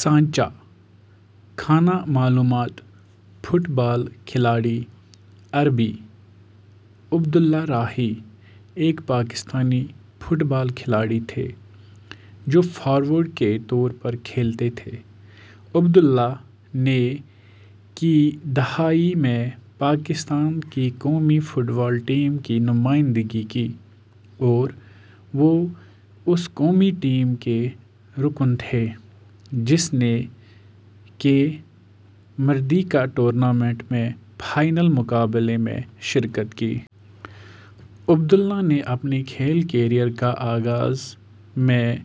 سانچہ:خانہ معلومات football کھلاڑی/عربی عبد اللہ راہی ، ایک پاکستانی فٹ بال کھلاڑی تھے جو فارورڈ کے طور پر کھیلتے تھے۔ عبد اللہ نے ء کی دہائی میں پاکستان کی قومی فٹ بال ٹیم کی نمائندگی کی اور وہ اس قومی ٹیم کے رکن تھے جس نے ء کے مردیکا ٹورنامنٹ میں فائنل مقابلے میں شرکت کی۔ عبد اللہ نے اپنے کھیل کیریئر کا آغاز ء میں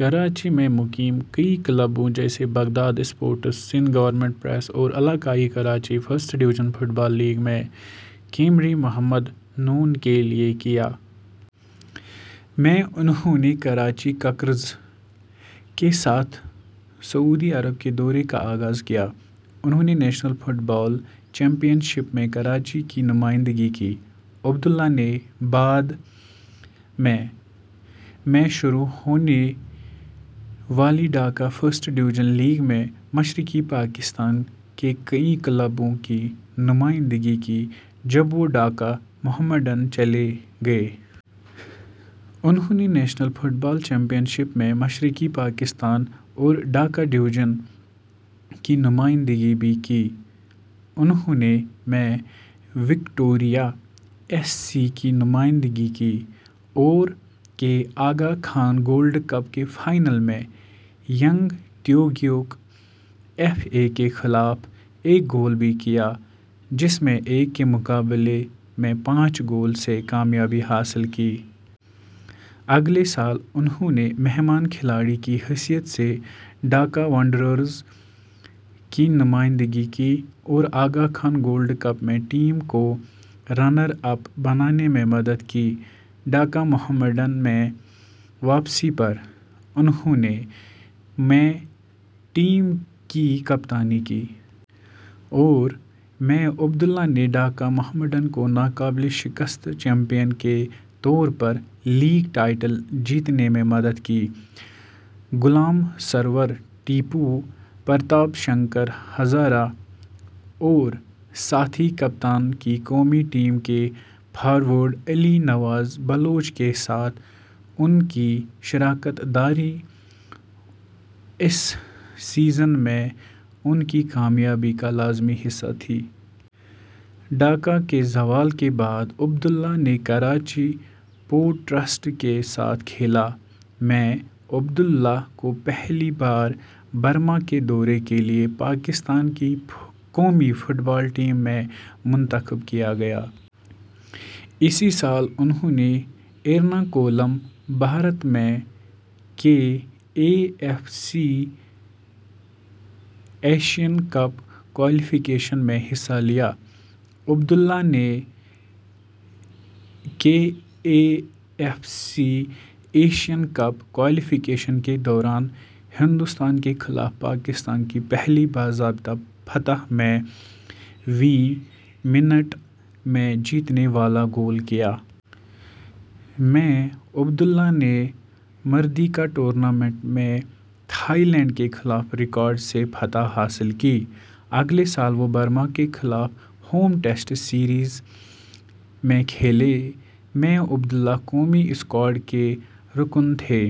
کراچی میں مقیم کئی کلبوں جیسے Baghdad sports, Sindh government press اور علاقائی Karachi first division football league میں کیمری محمدن کے لیے کیا۔ ء میں، انھوں نے کراچی ککرز کے ساتھ سعودی عرب کے دورے کا آغاز کیا۔ انھوں نے national football championship میں کراچی کی نمائندگی کی۔ عبد اللہ نے بعد میں ء میں شروع ہونے والی ڈھاکہ فرسٹ ڈویژن لیگ میں مشرقی پاکستان کے کئی کلبوں کی نمائندگی کی جب وہ ڈھاکہ محمڈن چلے گئے۔ انھوں نے national football championship میں مشرقی پاکستان اور ڈھاکہ ڈویژن کی نمائندگی بھی کی۔ انھوں نے میں وکٹوریہ ایس سی کی نمائندگی کی۔ اور کے آغا خان گولڈ کپ کے فائنل میں ینگ تیگیوک ایف اے کے خلاف ایک گول بھی کیا جس میں ایک کے مقابلے میں پانچ گول سے کامیابی حاصل کی۔ اگلے سال، انھوں نے مہمان کھلاڑی کی حیثیت سے ڈھاکہ وانڈررز کی نمائندگی کی اور آغا خان گولڈ کپ میں ٹیم کو رنر اپ بنانے میں مدد کی۔ ڈھاکہ محمڈن میں واپسی پر، انھوں نے ء میں ٹیم کی کپتانی کی۔ اور ءمیں عبد اللہ نے ڈھاکہ محمڈن کو ناقابل شکست چیمپئن کے طور پر لیگ ٹائٹل جیتنے میں مدد کی۔ غلام سرور ٹیپو، پرتاپ شنکر ہزارہ اور ساتھی پاکستان کی قومی ٹیم کے فارورڈ علی نواز بلوچ کے ساتھ ان کی شراکت داری اس سیزن میں ان کی کامیابی کا لازمی حصہ تھی۔ ڈھاکہ کے زوال کے بعد عبد اللہ نے کراچی پورٹ ٹرسٹ کے ساتھ کھیلا۔ ء میں، عبد اللہ کو پہلی بار برما کے دورے کے لیے پاکستان کی قومی فٹ بال ٹیم میں منتخب کیا گیا۔ اسی سال انھوں نے ایرناکولم بھارت میں ء کے A F C Asian cup qualification میں حصہ لیا۔ عبد اللہ نے ے کے A F C Asian cup qualification کے دوران، ہندوستان کے خلاف پاکستان کی پہلی باضابطہ فتح میں ویں منٹ میں جیتنے والا گول کیا۔ ءمیں عبد اللہ نے مردیکا ٹورنامنٹ میں تھائی لینڈ کے خلاف ریکارڈ - سے فتح حاصل کی۔ اگلے سال وہ برما کے خلاف ہوم ٹیسٹ سیریز میں کھیلے۔ ء میں عبد اللہ قومی اسکواڈ کے رکن تھے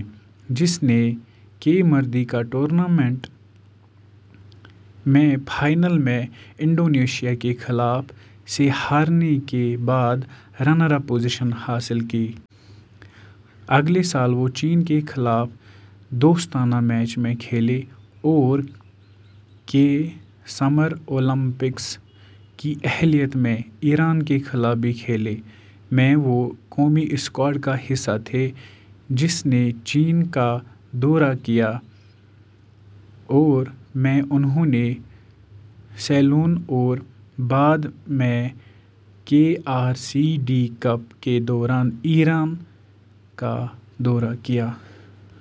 جس نے ء کے مردیکا ٹورنامنٹ میں فائنل میں انڈونیشیا کے خلاف - سے ہارنے کے بعد رنر اپ پوزیشن حاصل کی۔ اگلے سال وہ چین کے خلاف دوستانہ میچ میں کھیلے اور ء کے سمر اولمپکس کی اہلیت میں ایران کے خلاف بھی کھیلے۔ ء میں، وہ قومی اسکواڈ کا حصہ تھے جس نے چین کا دورہ کیا اور ء میں انھوں نے سیلون اور بعد میں ء کے آر سی ڈی کپ کے دوران ایران کا دورہ کیا۔